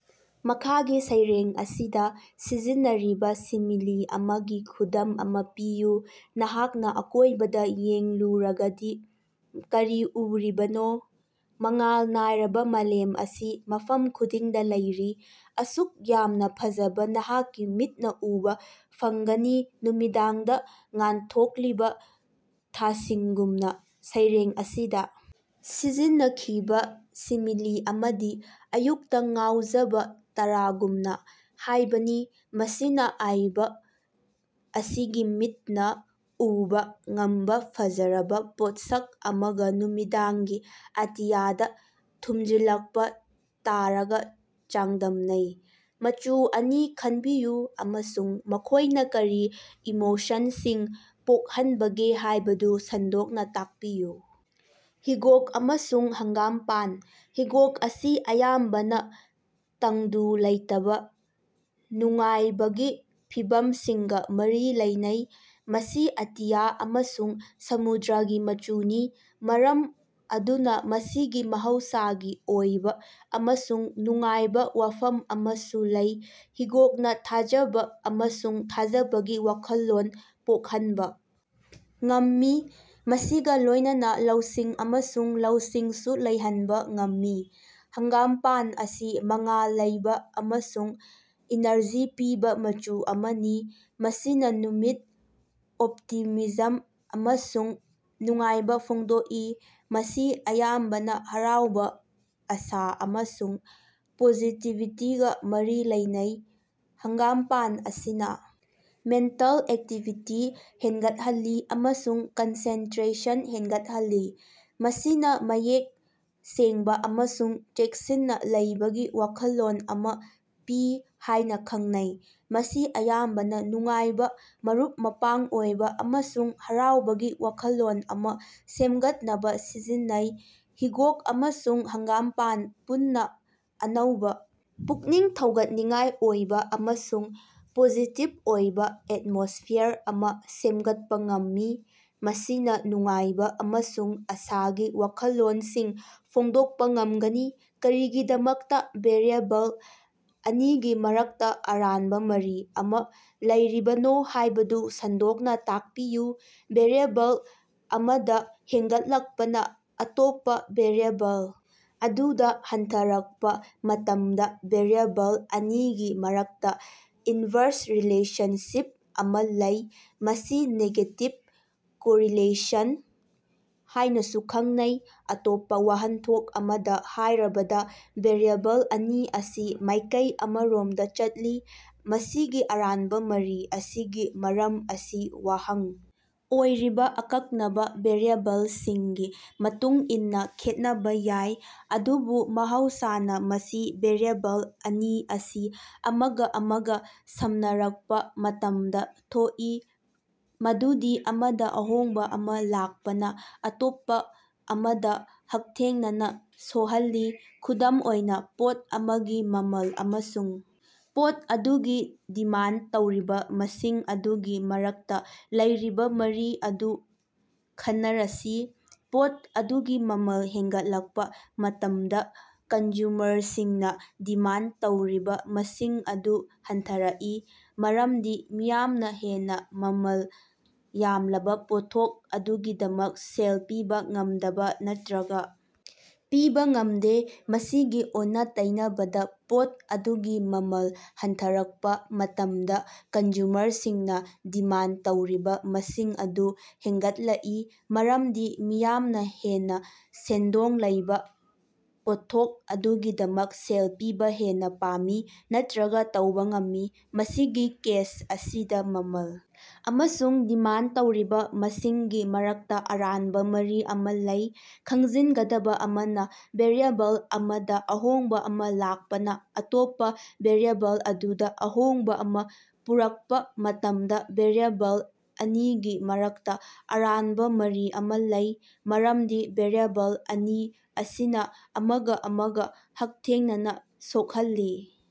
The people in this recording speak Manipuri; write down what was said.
ꯃꯈꯥꯒꯤ ꯁꯩꯔꯦꯡ ꯑꯁꯤꯗ ꯁꯤꯖꯤꯟꯅꯔꯤꯕ ꯁꯤꯃꯤꯂꯤ ꯑꯃꯒꯤ ꯈꯨꯗꯝ ꯑꯃ ꯄꯤꯌꯨ꯫ "ꯅꯍꯥꯛꯅ ꯑꯀꯣꯏꯕꯗ ꯌꯦꯡꯂꯨꯔꯒꯗꯤ ꯀꯔꯤ ꯎꯔꯤꯕꯅꯣ? ꯃꯉꯥꯜ ꯅꯥꯏꯔꯕ ꯃꯥꯂꯦꯝ ꯑꯁꯤ ꯃꯐꯝ ꯈꯨꯗꯤꯡꯗ ꯂꯩꯔꯤ꯫ ꯑꯁꯨꯛ ꯌꯥꯝꯅ ꯐꯖꯕ ꯅꯍꯥꯛꯀꯤ ꯃꯤꯠꯅ ꯎꯕ ꯐꯪꯒꯅꯤ ꯅꯨꯃꯤꯗꯥꯡꯗ ꯉꯥꯟꯊꯣꯛꯂꯤꯕ ꯊꯥꯁꯤꯡꯒꯨꯝꯅ"꯫ ꯁꯩꯔꯦꯡ ꯑꯁꯤꯗ ꯁꯤꯖꯤꯟꯅꯈꯤꯕ ꯁꯤꯃꯤꯂꯤ ꯑꯃꯗꯤ " ꯑꯌꯨꯛꯇ ꯉꯥꯎꯖꯕ ꯇꯔꯥꯒꯨꯝꯅ" ꯍꯥꯏꯕꯅꯤ꯫ ꯃꯁꯤꯅ ꯑꯥꯏꯕ ꯑꯁꯤꯒꯤ ꯃꯤꯠꯅ ꯎꯕ ꯉꯝꯕ ꯐꯖꯔꯕ ꯄꯣꯠꯁꯛ ꯑꯃꯒ ꯅꯨꯃꯤꯗꯥꯡꯒꯤ ꯑꯇꯤꯌꯥꯗ ꯊꯨꯝꯖꯤꯜꯂꯛꯄ ꯇꯔꯥꯒ ꯆꯥꯡꯗꯝꯅꯩ꯫ ꯃꯆꯨ ꯑꯅꯤ ꯈꯟꯕꯤꯌꯨ ꯑꯃꯁꯨꯡ ꯃꯈꯣꯏꯅ ꯀꯔꯤ ꯏꯃꯣꯁꯟꯁꯤꯡ ꯄꯣꯛꯍꯟꯕꯒꯦ ꯍꯥꯏꯕꯗꯨ ꯁꯟꯗꯣꯛꯅ ꯇꯥꯛꯄꯤꯌꯨ꯫ ꯍꯤꯒꯣꯛ ꯑꯃꯁꯨꯡ ꯍꯪꯒꯥꯝꯄꯥꯟ꯫ ꯍꯤꯒꯣꯛ ꯑꯁꯤ ꯑꯌꯥꯝꯕꯅ ꯇꯪꯗꯨ ꯂꯩꯇꯥꯕ, ꯅꯨꯡꯉꯥꯏꯕꯒꯤ ꯐꯤꯚꯝꯁꯤꯡꯒ ꯃꯔꯤ ꯂꯩꯅꯩ꯫ ꯃꯁꯤ ꯑꯇꯤꯌꯥ ꯑꯃꯁꯨꯡ ꯁꯃꯨꯗ꯭ꯔꯒꯤ ꯃꯆꯨꯅꯤ꯫ ꯃꯔꯝ ꯑꯗꯨꯅ ꯃꯁꯤꯒꯤ ꯃꯍꯧꯁꯥꯒꯤ ꯑꯣꯏꯕ ꯑꯃꯁꯨꯡ ꯅꯨꯡꯉꯥꯏꯕ ꯋꯥꯐꯝ ꯑꯃꯁꯨ ꯂꯩ꯫ ꯍꯤꯒꯣꯛꯅ ꯊꯥꯖꯕ ꯑꯃꯁꯨꯡ ꯊꯥꯖꯕꯒꯤ ꯋꯥꯈꯜꯂꯣꯟ ꯄꯣꯛꯍꯟꯕ ꯉꯝꯃꯤ꯫ ꯃꯁꯤꯒ ꯂꯣꯏꯅꯅ ꯂꯧꯁꯤꯡ ꯑꯃꯁꯨꯡ ꯂꯧꯁꯤꯡꯁꯨ ꯂꯩꯍꯟꯕ ꯉꯝꯃꯤ꯫ ꯍꯪꯒꯥꯝꯄꯥꯟ ꯑꯁꯤ ꯃꯉꯥꯜ ꯂꯩꯕ ꯑꯃꯁꯨꯡ ꯏꯅꯔꯖꯤ ꯄꯤꯕ ꯃꯆꯨ ꯑꯃꯅꯤ꯫ ꯃꯁꯤꯅ ꯅꯨꯃꯤꯠ, ꯑꯣꯞꯇꯤꯃꯤꯖꯝ ꯑꯃꯁꯨꯡ ꯅꯨꯡꯉꯥꯏꯕ ꯐꯣꯡꯗꯣꯛꯏ꯫ ꯃꯁꯤ ꯑꯌꯥꯝꯕꯅ ꯍꯔꯥꯎꯕ, ꯑꯁꯥ ꯑꯃꯁꯨꯡ ꯄꯣꯖꯤꯇꯤꯚꯤꯇꯤꯒ ꯃꯔꯤ ꯂꯩꯅꯩ꯫ ꯍꯪꯒꯥꯝꯄꯥꯟ ꯑꯁꯤꯅ ꯃꯦꯟꯇꯜ ꯑꯦꯛꯇꯤꯚꯤꯇꯤ ꯍꯦꯟꯒꯠꯍꯜꯂꯤ ꯑꯃꯁꯨꯡ ꯀꯟꯁꯦꯟꯇ꯭ꯔꯦꯁꯟ ꯍꯦꯟꯒꯠꯍꯜꯂꯤ꯫ ꯃꯁꯤꯅ ꯃꯌꯦꯛ ꯁꯦꯡꯕ ꯑꯃꯁꯨꯡ ꯆꯦꯛꯁꯤꯟꯅ ꯂꯩꯕꯒꯤ ꯋꯥꯈꯜꯂꯣꯟ ꯑꯃ ꯄꯤ ꯍꯥꯏꯅ ꯈꯪꯅꯩ꯫ ꯃꯁꯤ ꯑꯌꯥꯝꯕꯅ ꯅꯨꯡꯉꯥꯏꯕ, ꯃꯔꯨꯞ-ꯃꯄꯥꯡ ꯑꯣꯏꯕ ꯑꯃꯁꯨꯡ ꯍꯔꯥꯎꯕꯒꯤ ꯋꯥꯈꯜꯂꯣꯟ ꯑꯃ ꯁꯦꯝꯒꯠꯅꯕ ꯁꯤꯖꯤꯟꯅꯩ꯫ ꯍꯤꯒꯣꯛ ꯑꯃꯁꯨꯡ ꯍꯪꯒꯥꯝꯄꯥꯟꯅ ꯄꯨꯟꯅ ꯑꯅꯧꯕ, ꯄꯨꯛꯅꯤꯡ ꯊꯧꯒꯠꯅꯤꯡꯉꯥꯏ ꯑꯣꯏꯕ ꯑꯃꯁꯨꯡ ꯄꯣꯖꯤꯇꯤꯚ ꯑꯣꯏꯕ ꯑꯦꯠꯃꯣꯁ꯭ꯐꯤꯌꯔ ꯑꯃ ꯁꯦꯝꯒꯠꯄ ꯉꯝꯃꯤ꯫ ꯃꯁꯤꯅ ꯅꯨꯡꯉꯥꯏꯕ ꯑꯃꯁꯨꯡ ꯑꯁꯥꯒꯤ ꯋꯥꯈꯜꯂꯣꯟꯁꯤꯡ ꯐꯣꯡꯗꯣꯛꯄ ꯉꯝꯒꯅꯤ꯫ ꯀꯔꯤꯒꯤꯗꯃꯛꯇ ꯚꯦꯔꯤꯑꯦꯕꯜ ꯑꯅꯤꯒꯤ ꯃꯔꯛꯇ ꯑꯔꯥꯟꯕ ꯃꯔꯤ ꯑꯃ ꯂꯩꯔꯤꯕꯅꯣ ꯍꯥꯏꯕꯗꯨ ꯁꯟꯗꯣꯛꯅ ꯇꯥꯛꯄꯤꯌꯨ꯫ ꯚꯦꯔꯤꯑꯦꯕꯜ ꯑꯃꯗ ꯍꯦꯟꯒꯠꯂꯛꯄꯅ ꯑꯇꯣꯞꯄ ꯚꯦꯔꯤꯑꯦꯕꯜ ꯑꯗꯨꯗ ꯍꯟꯊꯔꯛꯄ ꯃꯇꯝꯗ ꯚꯦꯔꯤꯑꯦꯕꯜ ꯑꯅꯤꯒꯤ ꯃꯔꯛꯇ ꯏꯟꯚꯔꯁ ꯔꯤꯂꯦꯁꯟꯁꯤꯞ ꯑꯃ ꯂꯩ ꯫ ꯃꯁꯤ ꯅꯦꯒꯦꯇꯤꯚ ꯀꯣꯔꯤꯂꯦꯁꯟ ꯍꯥꯏꯅꯁꯨ ꯈꯪꯅꯩ꯫ ꯑꯇꯣꯞꯄ ꯋꯥꯍꯟꯊꯣꯛ ꯑꯃꯗ ꯍꯥꯏꯔꯕꯗ, ꯚꯦꯔꯤꯑꯦꯕꯜ ꯑꯅꯤ ꯑꯁꯤ ꯃꯥꯏꯀꯩ ꯑꯃꯔꯣꯝꯗ ꯆꯠꯂꯤ꯫ ꯃꯁꯤꯒꯤ ꯑꯔꯥꯟꯕ ꯃꯔꯤ ꯑꯁꯤꯒꯤ ꯃꯔꯝ ꯑꯁꯤ ꯋꯥꯍꯪ ꯑꯣꯏꯔꯤꯕ ꯑꯀꯛꯅꯕ ꯚꯦꯔꯤꯑꯦꯕꯜꯁꯤꯡꯒꯤ ꯃꯇꯨꯡ ꯏꯟꯅ ꯈꯦꯠꯅꯕ ꯌꯥꯏ, ꯑꯗꯨꯕꯨ ꯃꯍꯧꯁꯥꯅ ꯃꯁꯤ ꯚꯦꯔꯤꯑꯦꯕꯜ ꯑꯅꯤ ꯑꯁꯤ ꯑꯃꯒ ꯑꯃꯒ ꯁꯝꯅꯔꯛꯄ ꯃꯇꯝꯗ ꯊꯣꯛꯏ꯫ ꯃꯗꯨꯗꯤ ꯑꯃꯗ ꯑꯍꯣꯡꯕ ꯑꯃ ꯂꯥꯛꯄꯅ ꯑꯇꯣꯞꯄ ꯑꯃꯗ ꯍꯛꯊꯦꯡꯅꯅ ꯁꯣꯍꯜꯂꯤ꯫ ꯈꯨꯗꯝ ꯑꯣꯏꯅ, ꯄꯣꯠ ꯑꯃꯒꯤ ꯃꯃꯜ ꯑꯃꯁꯨꯡ ꯄꯣꯠ ꯑꯗꯨꯒꯤ ꯗꯤꯃꯥꯟꯗ ꯇꯧꯔꯤꯕ ꯃꯁꯤꯡ ꯑꯗꯨꯒꯤ ꯃꯔꯛꯇ ꯂꯩꯔꯤꯕ ꯃꯔꯤ ꯑꯗꯨ ꯈꯟꯅꯔꯁꯤ꯫ ꯄꯣꯠ ꯑꯗꯨꯒꯤ ꯃꯃꯜ ꯍꯦꯟꯒꯠꯂꯛꯄ ꯃꯇꯝꯗ ꯀꯟꯖ꯭ꯌꯨꯃꯔꯁꯤꯡꯅ ꯗꯤꯃꯥꯟꯗ ꯇꯧꯔꯤꯕ ꯃꯁꯤꯡ ꯑꯗꯨ ꯍꯟꯊꯔꯛꯏ꯫ ꯃꯔꯝꯗꯤ ꯃꯤꯌꯥꯝꯅ ꯍꯦꯟꯅ ꯃꯃꯜ ꯌꯥꯝꯂꯕ ꯄꯣꯠꯊꯣꯛ ꯑꯗꯨꯒꯤꯗꯃꯛ ꯁꯦꯜ ꯄꯤꯕ ꯉꯝꯗꯕ ꯅꯠꯇ꯭ꯔꯒ ꯄꯤꯕ ꯉꯝꯗꯦ꯫ ꯃꯁꯤꯒꯤ ꯑꯣꯟꯅ-ꯇꯩꯅꯕꯗ ꯄꯣꯠ ꯑꯗꯨꯒꯤ ꯃꯃꯜ ꯍꯟꯊꯔꯛꯄ ꯃꯇꯝꯗ ꯀꯟꯖ꯭ꯌꯨꯃꯔꯁꯤꯡꯅ ꯗꯤꯃꯥꯟꯗ ꯇꯧꯔꯤꯕ ꯃꯁꯤꯡ ꯑꯗꯨ ꯍꯦꯟꯒꯠꯂꯛꯏ, ꯃꯔꯝꯗꯤ ꯃꯤꯌꯥꯝꯅ ꯍꯦꯟꯅ ꯁꯦꯟꯗꯣꯡ ꯂꯩꯕ ꯄꯣꯠꯊꯣꯛ ꯑꯗꯨꯒꯤꯗꯃꯛ ꯁꯦꯜ ꯄꯤꯕ ꯍꯦꯟꯅ ꯄꯥꯝꯃꯤ ꯅꯠꯇ꯭ꯔꯒ ꯇꯧꯕ ꯉꯝꯃꯤ꯫ ꯃꯁꯤꯒꯤ ꯀꯦꯁ ꯑꯁꯤꯗ ꯃꯃꯜ ꯑꯃꯁꯨꯡ ꯗꯤꯃꯥꯟꯗ ꯇꯧꯔꯤꯕ ꯃꯁꯤꯡꯒꯤ ꯃꯔꯛꯇ ꯑꯔꯥꯟꯕ ꯃꯔꯤ ꯑꯃ ꯂꯩ꯫ ꯈꯪꯖꯤꯟꯒꯗꯕ ꯑꯃꯅ, ꯚꯦꯔꯤꯑꯦꯕꯜ ꯑꯃꯗ ꯑꯍꯣꯡꯕ ꯑꯃ ꯂꯥꯛꯄꯅ ꯑꯇꯣꯞꯄ ꯚꯦꯔꯤꯑꯦꯕꯜ ꯑꯗꯨꯗ ꯑꯍꯣꯡꯕ ꯑꯃ ꯄꯨꯔꯛꯄ ꯃꯇꯝꯗ ꯚꯦꯔꯤꯑꯦꯕꯜ ꯑꯅꯤꯒꯤ ꯃꯔꯛꯇ ꯑꯔꯥꯟꯕ ꯃꯔꯤ ꯑꯃ ꯂꯩ꯫ ꯃꯔꯝꯗꯤ ꯚꯦꯔꯤꯑꯦꯕꯜ ꯑꯅꯤ ꯑꯁꯤꯅ ꯑꯃꯒ ꯑꯃꯒ ꯍꯛꯊꯦꯡꯅꯅ ꯁꯣꯛꯍꯜꯂꯤ꯫